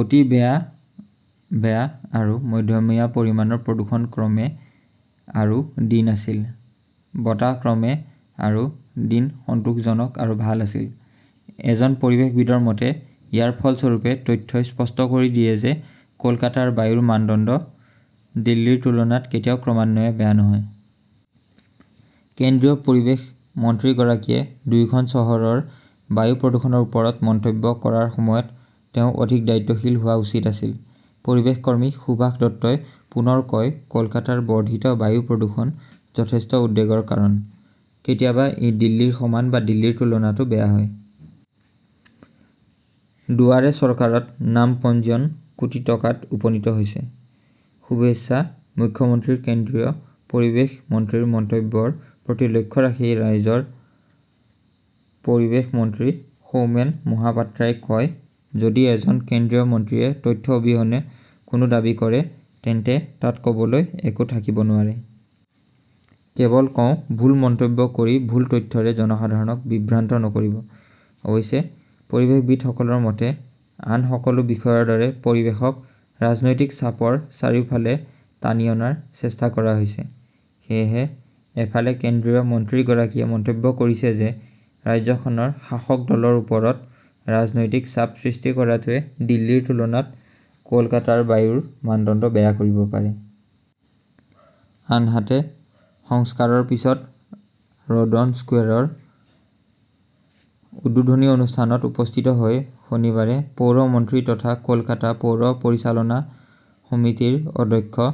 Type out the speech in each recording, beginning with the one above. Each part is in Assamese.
অতি বেয়া-বেয়া আৰু মধ্যমীয়া পৰিমাণৰ প্ৰদূষণ ক্ৰমে আৰু দিন আছিল। বতাহ ক্ৰমে আৰু দিন সন্তোষজনক আৰু ভাল আছিল। এজন পৰিৱেশবিদৰ মতে, ইয়াৰ ফলস্বৰূপে তথ্যই স্পষ্ট কৰি দিয়ে যে কলকাতাৰ বায়ুৰ মানদণ্ড দিল্লীৰ তুলনাত কেতিয়াও ক্ৰমান্বয়ে বেয়া নহয়। কেন্দ্ৰীয় পৰিৱেশ মন্ত্ৰীগৰাকীয়ে দুয়োখন চহৰৰ বায়ু প্ৰদূষণৰ ওপৰত মন্তব্য কৰাৰ সময়ত তেওঁ অধিক দায়িত্বশীল হোৱা উচিত আছিল। পৰিৱেশ কৰ্মী সুভাষ দত্তই পুনৰ কয় কলকাতাৰ বৰ্ধিত বায়ু প্ৰদূষণ যথেষ্ট উদ্বেগৰ কাৰণ। কেতিয়াবা ই দিল্লীৰ সমান বা দিল্লীৰ তুলনাতো বেয়া হয়। দুৱাৰে চৰকাৰত নাম পঞ্জীয়ন কোটি টকাত উপনীত হৈছে, শুভেচ্ছা মুখ্যমন্ত্ৰীৰ কেন্দ্ৰীয় পৰিৱেশ মন্ত্ৰীৰ মন্তব্যৰ প্ৰতি লক্ষ্য ৰাখি ৰাজ্যৰ পৰিৱেশ মন্ত্ৰী সৌমেন মহাপাত্ৰাই কয় যদি এজন কেন্দ্ৰীয় মন্ত্ৰীয়ে তথ্য অবিহনে কোনো দাবী কৰে তেন্তে তাত ক'বলৈ একো থাকিব নোৱাৰে। কেৱল কওঁ ভুল মন্তব্য কৰি ভুল তথ্যৰে জনসাধাৰণক বিভ্ৰান্ত নকৰিব। অৱশ্যে পৰিৱেশবিদসকলৰ মতে, আন সকলো বিষয়ৰ দৰে পৰিৱেশক ৰাজনৈতিক চাপৰ চাৰিওফালে টানি অনাৰ চেষ্টা কৰা হৈছে। সেয়েহে, এফালে কেন্দ্ৰীয় মন্ত্ৰীগৰাকীয়ে মন্তব্য কৰিছে যে ৰাজ্যখনৰ শাসক দলৰ ওপৰত ৰাজনৈতিক চাপ সৃষ্টি কৰাটোৱে দিল্লীৰ তুলনাত কলকাতাৰ বায়ুৰ মানদণ্ড বেয়া কৰিব পাৰে। আনহাতে, সংস্কাৰৰ পিছত ৰডন স্কোৱেৰৰ উদ্বোধনী অনুষ্ঠানত উপস্থিত হৈ শনিবাৰে পৌৰ মন্ত্ৰী তথা কলকাতা পৌৰ পৰিচালনা সমিতিৰ অধ্যক্ষ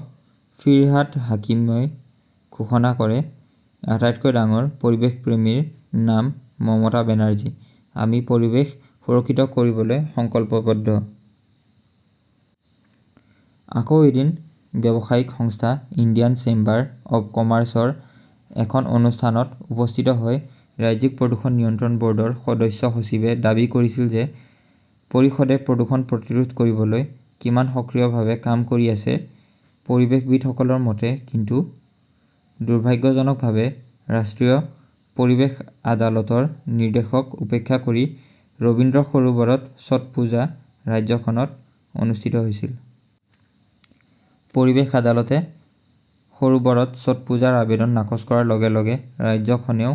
ফিৰহাদ হাকিমই ঘোষণা কৰে আটাইতকৈ ডাঙৰ পৰিৱেশপ্ৰেমীৰ নাম মমতা বেনাৰ্জী। আমি পৰিৱেশ সুৰক্ষিত কৰিবলৈ সংকল্পবদ্ধ। আকৌ এদিন ব্যৱসায়িক সংস্থা ইণ্ডিয়ান চেম্বাৰ অৱ কমাৰ্চৰ এখন অনুষ্ঠানত উপস্থিত হৈ ৰাজ্যিক প্ৰদূষণ নিয়ন্ত্ৰণ বৰ্ডৰ সদস্য-সচিবে দাবী কৰিছিল যে পৰিষদে প্ৰদূষণ প্ৰতিৰোধ কৰিবলৈ কিমান সক্ৰিয়ভাৱে কাম কৰি আছে। পৰিৱেশবিদসকলৰ মতে, কিন্তু দুৰ্ভাগ্যজনকভাৱে ৰাষ্ট্ৰীয় পৰিৱেশ আদালতৰ নিৰ্দেশক উপেক্ষা কৰি ৰবীন্দ্ৰ সৰোবৰত ছটপুজা ৰাজ্যখনত অনুষ্ঠিত হৈছিল। পৰিৱেশ আদালতে সৰোবৰত ছটপুজাৰ আবেদন নাকচ কৰাৰ লগে -লগে ৰাজ্যখনেও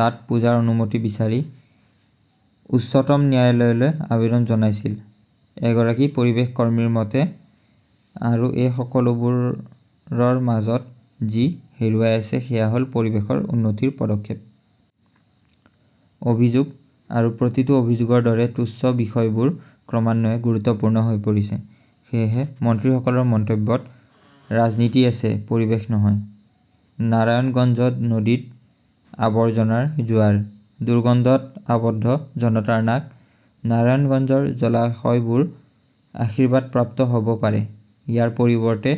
তাত পূজাৰ অনুমতি বিচাৰি উচ্চতম ন্যায়ালয়লৈ আবেদন জনাইছিল। এগৰাকী পৰিৱেশ কৰ্মীৰ মতে, আৰু এই সকলোবোৰৰ মাজত যি হেৰুৱাই আছে সেয়া হ'ল পৰিৱেশৰ উন্নতিৰ পদক্ষেপ। অভিযোগ আৰু প্ৰতিটো অভিযোগৰ দৰে তুচ্ছ বিষয়বোৰ ক্ৰমান্বয়ে গুৰুত্বপূৰ্ণ হৈ পৰিছে। সেয়েহে মন্ত্ৰীসকলৰ মন্তব্যত ৰাজনীতি আছে, পৰিৱেশ নহয়। নাৰায়ণগঞ্জ নদীত আবৰ্জনাৰ জোৱাৰ, দুৰ্গন্ধত আবদ্ধ জনতাৰ নাক নাৰায়ণগঞ্জৰ জলাশয়বোৰ আশীৰ্বাদপ্ৰাপ্ত হ'ব পাৰে। ইয়াৰ পৰিৱৰ্তে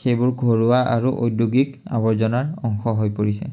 সেইবোৰ ঘৰুৱা আৰু ঔদ্যোগিক আৱৰ্জনাৰ অংশ হৈ পৰিছে।